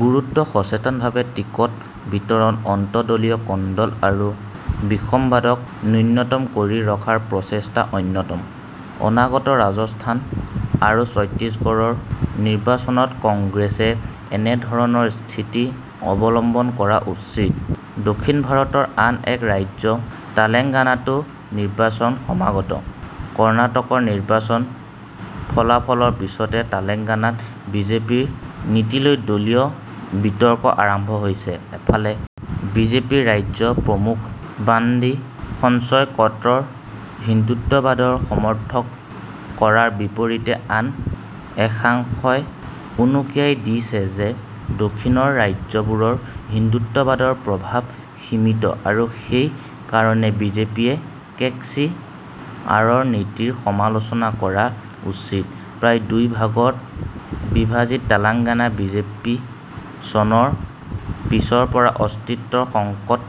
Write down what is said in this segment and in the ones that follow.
গুৰুত্ব সচেতনভাৱে টিকট বিতৰণ আন্তঃদলীয় কন্দল আৰু বিসম্বাদক নূন্যতম কৰি ৰখাৰ প্ৰচেষ্টা অন্যতম। অনাগত ৰাজস্থান আৰু ছত্তিশগড়ৰ নিৰ্বাচনত কংগ্ৰেছে এনেধৰণৰ স্থিতি অৱলম্বন কৰা উচিত। দক্ষিণ ভাৰতৰ আন এক ৰাজ্য তেলেঙ্গানাতো নিৰ্বাচন সমাগত ।কৰ্ণাটকৰ নিৰ্বাচনী ফলাফলৰ পিছতে তেলেঙ্গানাত বিজেপিৰ নীতিলৈ দলীয় বিতৰ্ক আৰম্ভ হৈছে। এফালে বিজেপি ৰাজ্য প্ৰমূখ বান্ডী সঞ্জয় কট্টৰ হিন্দুত্ববাদৰ সমৰ্থন কৰাৰ বিপৰীতে আন একাংশই উনুকিয়াই দিছে যে দক্ষিণৰ ৰাজ্যবোৰত হিন্দুত্ববাদৰ প্ৰভাৱ সীমিত আৰু সেই কাৰণে বিজেপিয়ে কে চি আৰৰ নীতিৰ সমালোচনা কৰা উচিত। প্ৰায় দুই ভাগত বিভাজিত তেলেঙ্গানা বিজেপি চনৰ পিছৰ পৰা অস্তিত্বৰ সংকটত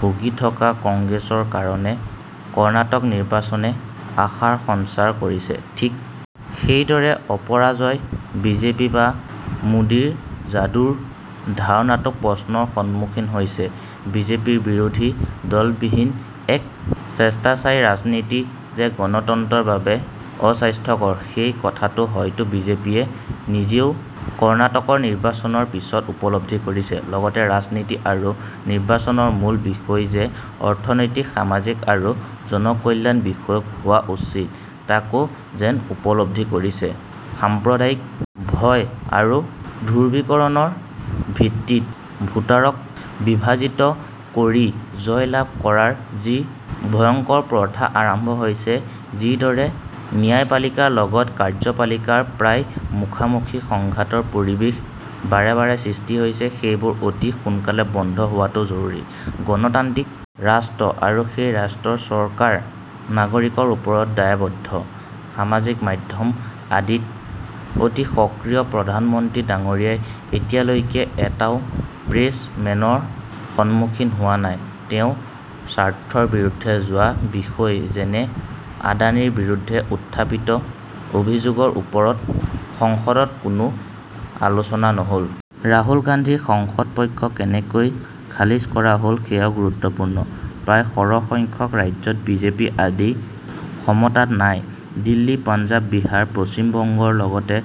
ভুগি থকা কংগ্ৰেছৰ কাৰণে কৰ্ণাটক নিৰ্বাচনে আশাৰ সঞ্চাৰ কৰিছে। ঠিক সেইদৰে অপৰাজয় বিজেপি বা মোদীৰ যাদুৰ ধাৰণাটোও প্ৰশ্নৰ সন্মুখীন হৈছে। বিজেপিৰ বিৰোধী দলবিহীন এক স্বেচ্ছাচাৰী ৰাজনীতি যে গণতন্ত্ৰৰ বাবে অস্বাস্থ্যকৰ সেই কথাটো হয়তো বিজেপিয়ে নিজেও কৰ্ণাটকৰ নিৰ্বাচনৰ পিছত উপলব্ধি কৰিছে। লগতে ৰাজনীতি আৰু নিৰ্বাচনৰ মূল বিষয় যে অৰ্থনৈতিক সামাজিক আৰু জনকল্যান বিষয়ক হোৱা উচিত তাকো যেন উপলব্ধি কৰিছে। সাম্প্ৰদায়িক ভয় আৰু ধ্ৰুৱীকৰণৰ ভিত্তিত ভোটাৰক বিভাজিত কৰি জয় লাভ কৰাৰ যি ভয়ঙ্কৰ প্ৰথা আৰম্ভ হৈছে, যিদৰে ন্যায়পালিকাৰ লগত কাৰ্য্যপালিকাৰ প্ৰায় মুখামুখি সংঘাতৰ পৰিবেশ বাৰে বাৰে সৃষ্টি হৈছে, সেইবোৰ অতি সোনকালে বন্ধ হোৱাটো জৰুৰী। গণতান্ত্ৰিক ৰাষ্ট্ৰ আৰু সেই ৰাষ্ট্ৰৰ চৰকাৰ নাগৰিকৰ ওচৰত দায়বদ্ধ। সামাজিক মাধ্যম আদিত অতি সক্ৰিয় প্ৰধান মন্ত্ৰী ডাঙৰীয়াই এতিয়ালৈকে এটাও প্ৰেছ মেলৰ সন্মুখীন হোৱা নাই। তেওঁৰ স্বাৰ্থৰ বিৰুদ্ধে যোৱা বিষয় যেনে আদানীৰ বিৰুদ্ধে উত্থাপিত অভিযোগৰ ওপৰত সংসদত কোনো আলোচনা নহল। ৰাহুল গান্ধীৰ সাংসদ পদ কেনেকৈ খাৰিজ কৰা হল সেয়াও গুৰুত্বপূৰ্ণ। প্ৰায় সৰহ সংখ্যক ৰাজ্যত বিজেপি আজি ক্ষমতাত নাই। দিল্লী, পঞ্জাব, বিহাৰ, পশ্চিম বংগৰ লগতে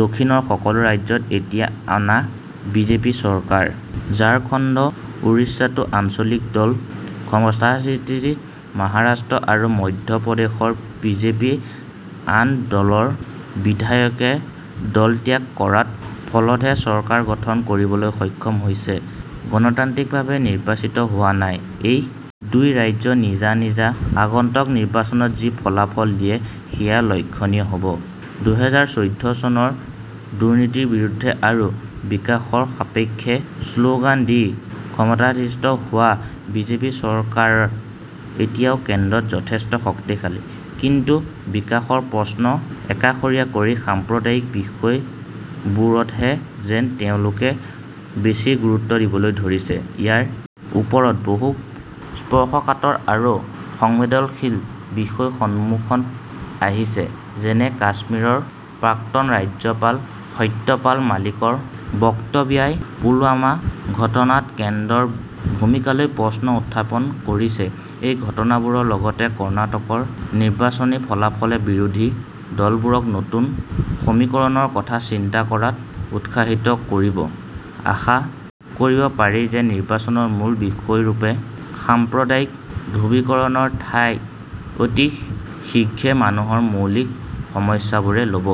দক্ষিণৰ সকলো ৰাজ্যত এতিয়া অনা বিজেপি চৰকাৰ। ঝাৰখণ্ড ওড়িষ্যাতো আঞ্চলিক দল ক্ষমতাধিষ্ঠিত মহাৰাষ্ট্ৰ আৰু মধ্য প্ৰদেশত বিজেপি আন দলৰ বিধায়কে দলত্যাগ কৰাৰ ফলতহে চৰকাৰ গঠন কৰিবলৈ সক্ষম হৈছে, গণতান্ত্ৰিকভাৱে নিৰ্বাচিত হোৱা নাই। এই দুই ৰাজ্য নিজা-নিজা আগন্তুক নিৰ্বাচনত কি ফলাফল দিয়ে সেয়া লক্ষ্যনীয় হব। দুহেজাৰ চৈধ্য চনত দুৰ্নীতিৰ বিৰুদ্ধে আৰু বিকাশৰ সপক্ষে শ্লগান দি ক্ষমতাধিষ্ঠ হোৱা বিজেপি চৰকাৰ এতিয়াও কেন্দ্ৰত যথেষ্ট শক্তিশালী। কিন্তু বিকাশৰ প্ৰশ্ন একাষৰীয়া কৰি সাম্প্ৰদায়িক বিষয়বোৰতহে যেন তেওঁলোকে বেছি গুৰুত্ব দিবলৈ ধৰিলে। ইয়াৰ ওপৰিও বহু স্পৰ্শকাতৰ আৰু সংবেদনশীল বিষয় সন্মুখত আহিছে, যেনে কাশ্মীৰৰ প্ৰাক্তন ৰাজ্যপাল সত্যপাল মলিকৰ বক্তব্যই পুলৱামা ঘটনাত কেন্দ্ৰৰ ভূমিকালৈ প্ৰশ্ন উত্থাপন কৰিছে। এই ঘটনাবোৰৰ লগতে কৰ্ণাটকৰ নিৰ্বাচনী ফলাফলে বিৰোধী দলবোৰক নতুন সমীকৰণৰ কথা চিন্তা কৰাত উৎসাহিত কৰিব। আশা কৰিব পাৰি যে নিৰ্বাচনৰ মূল বিষয়ৰূপে সাম্প্ৰদায়িক ধ্ৰুৱীকৰণৰ ঠাই অতি শীঘ্ৰে মানুহৰ মৌলিক সমস্যাবোৰে ল'ব।